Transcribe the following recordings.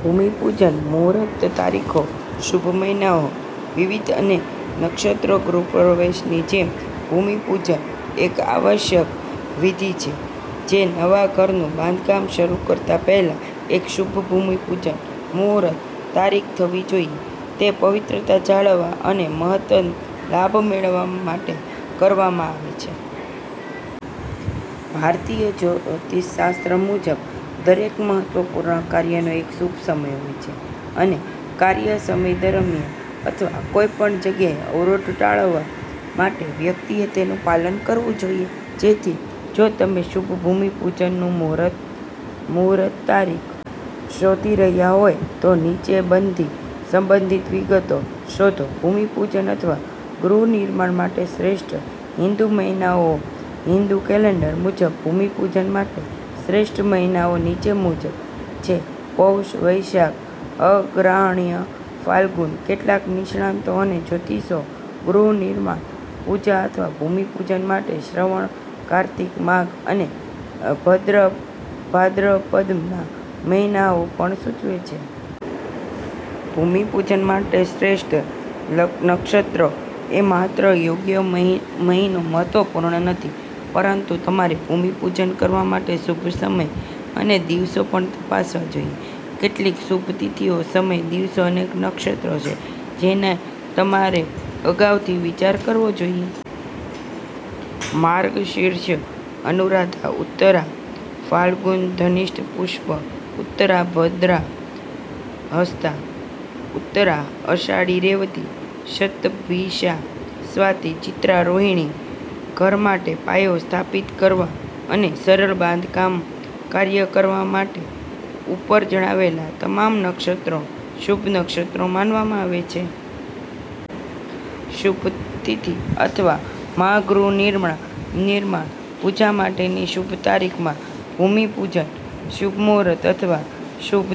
ભૂમિ પૂજન મુહૂર્ત તારીખો શુભ મહિનાઓ, તિથિઓ અને નક્ષત્રો ગૃહપ્રવેશની જેમ, ભૂમિપૂજનપણ એક આવશ્યક વિધિ છે જે નવા ઘરનું બાંધકામ શરૂ કરતા પહેલા એક શુભ ભૂમિપૂજન મુહૂર્ત તારીખે થવી જોઈએ. તે પવિત્રતા જાળવવા અને મહત્તમ લાભ મેળવવા માટે કરવામાં આવે છે. ભારતીય જ્યોતિષશાસ્ત્ર મુજબ, દરેક મહત્વપૂર્ણ કાર્યનો એક શુભ સમય હોય છે, અને કાર્ય દરમિયાન અથવા પછી કોઈપણ અવરોધ ટાળવા માટે વ્યક્તિએ તેનું પાલન કરવું જોઈએ. તેથી, જો તમે શુભ ભૂમિ પૂજન મુહૂર્ત તારીખ શોધી રહ્યા હોવ, તો નીચે બધી સંબંધિત વિગતો શોધોભૂમિપૂજન અથવા ગૃહ નિર્માણ માટે શ્રેષ્ઠ હિન્દુ મહિનાઓ હિંદુ કેલેન્ડર મુજબ, ભૂમિપૂજન માટેના શ્રેષ્ઠ મહિનાઓ નીચે મુજબ છેપૌષા વૈશાખ અગ્રહાયણ ફાલ્ગુના કેટલાક નિષ્ણાતો અને જ્યોતિષીઓ ગૃહ નિર્માણ પૂજા અથવા ભૂમિપૂજન માટે શ્રાવણ, કાર્તિક, માઘ અને ભાદ્રપદના મહિનાઓ પણ સૂચવે છે. ભૂમિ પૂજન માટે શ્રેષ્ઠ નક્ષત્રો તે માત્ર યોગ્ય મહિનોમહત્વપૂર્ણ નથી, પરંતુ તમારે ભૂમિપૂજન કરવા માટેના શુભ સમય અને દિવસો પણ તપાસવા જોઈએ. કેટલીક શુભ તિથિઓ, સમય, દિવસો અને નક્ષત્રો છે જેનો તમારે અગાઉથી વિચાર કરવો જોઈએ. માર્ગશીર્ષ અનુરાધા ઉત્તરા ફાલ્ગુની ધનિષ્ઠા પુષ્ય ઉત્તરા ભાદ્રપદ હસ્તા ઉત્તરા આષાઢ રેવતી શતભિષા સ્વાતિ ચિત્રા રોહિણી ઘર માટે પાયો સ્થાપિત કરવા અને સરળ બાંધકામ કાર્ય કરવા માટે, ઉપર જણાવેલ તમામ નક્ષત્રો શુભ નક્ષત્રો માનવામાં આવે છે. શુભ તિથિ અથવા માં ગૃહ નિર્માણ પૂજા માટેની શુભ તારીખ માં ભૂમિપૂજન માટે શુભ મુહૂર્ત અથવા શુભ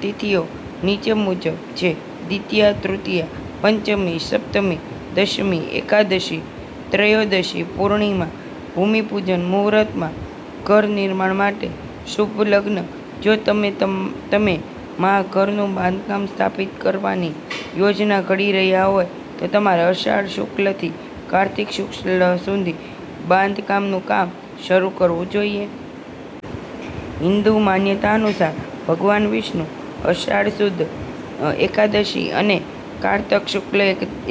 તિથિઓ નીચે મુજબ છેદ્વિતિયા તૃતીયા પંચમી સપ્તમી દશમી એકાદશી ત્રયોદશી પૂર્ણિમા ભૂમિ પૂજન મુહૂર્ત માં ઘર નિર્માણ માટે શુભ લગ્ન જો તમે માં ઘરનું બાંધકામ સ્થાપિત કરવાની યોજના ઘડી રહ્યા હો, તો તમારે અષાઢ શુક્લથી કાર્તિક શુક્લ સુધી બાંધકામનું કામ શરૂકરવું જોઈએ. હિંદુ માન્યતાઓ અનુસાર, ભગવાન વિષ્ણુ અષાઢ શુક્લ એકાદશી અને કારતક શુક્લ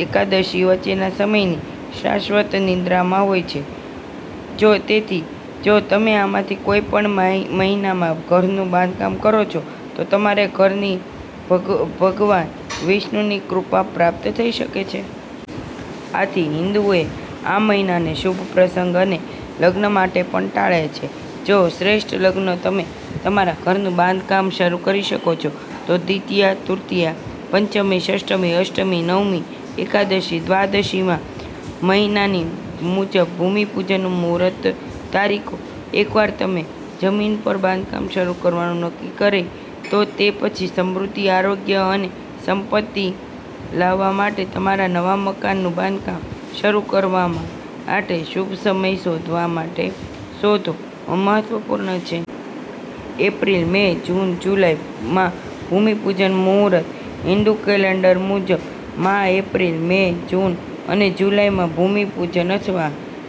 એકાદશી વચ્ચેના સમયથી શાશ્વત નિદ્રામાં રહે છે. તેથી, જો તમે આમાંથી કોઈપણ મહિનામાં ઘરનું બાંધકામ કરો છો, તો તમારા ઘરને ભગવાન વિષ્ણુની કૃપા પ્રાપ્ત થઈ શકશે નહીં. આથી, હિન્દુઓ આ મહિનાઓ શુભ પ્રસંગો અને લગ્ન માટે પણ ટાળે છે. જો કે, શ્રેષ્ઠ લગ્નોમાં તમે તમારા ઘરનું બાંધકામ શરૂ કરી શકો છો. દ્વિતીયા, તૃતીયા. પંચમી. ષષ્ઠી, અષ્ટમી, નવમી, એકાદશી, દ્વાદશીમાં મહિના મુજબ ભૂમિપૂજન મુહૂર્ત તારીખો એકવાર તમે જમીન પર બાંધકામ શરૂ કરવાનું નક્કી કરી લો તે પછી, સમૃદ્ધિ, આરોગ્ય અને સંપત્તિ લાવવા માટે તમારા નવા મકાનનું બાંધકામ શરૂ કરવા માટેનો શુભ સમય શોધવો મહત્વપૂર્ણ છે. એપ્રિલ, મે, જૂન અને જુલાઈમાં ભૂમિપૂજન મુહૂર્ત હિંદુ કેલેન્ડર મુજબ, માં એપ્રિલ, મે, જૂન અને જુલાઈમાં ભૂમિપૂજન અથવા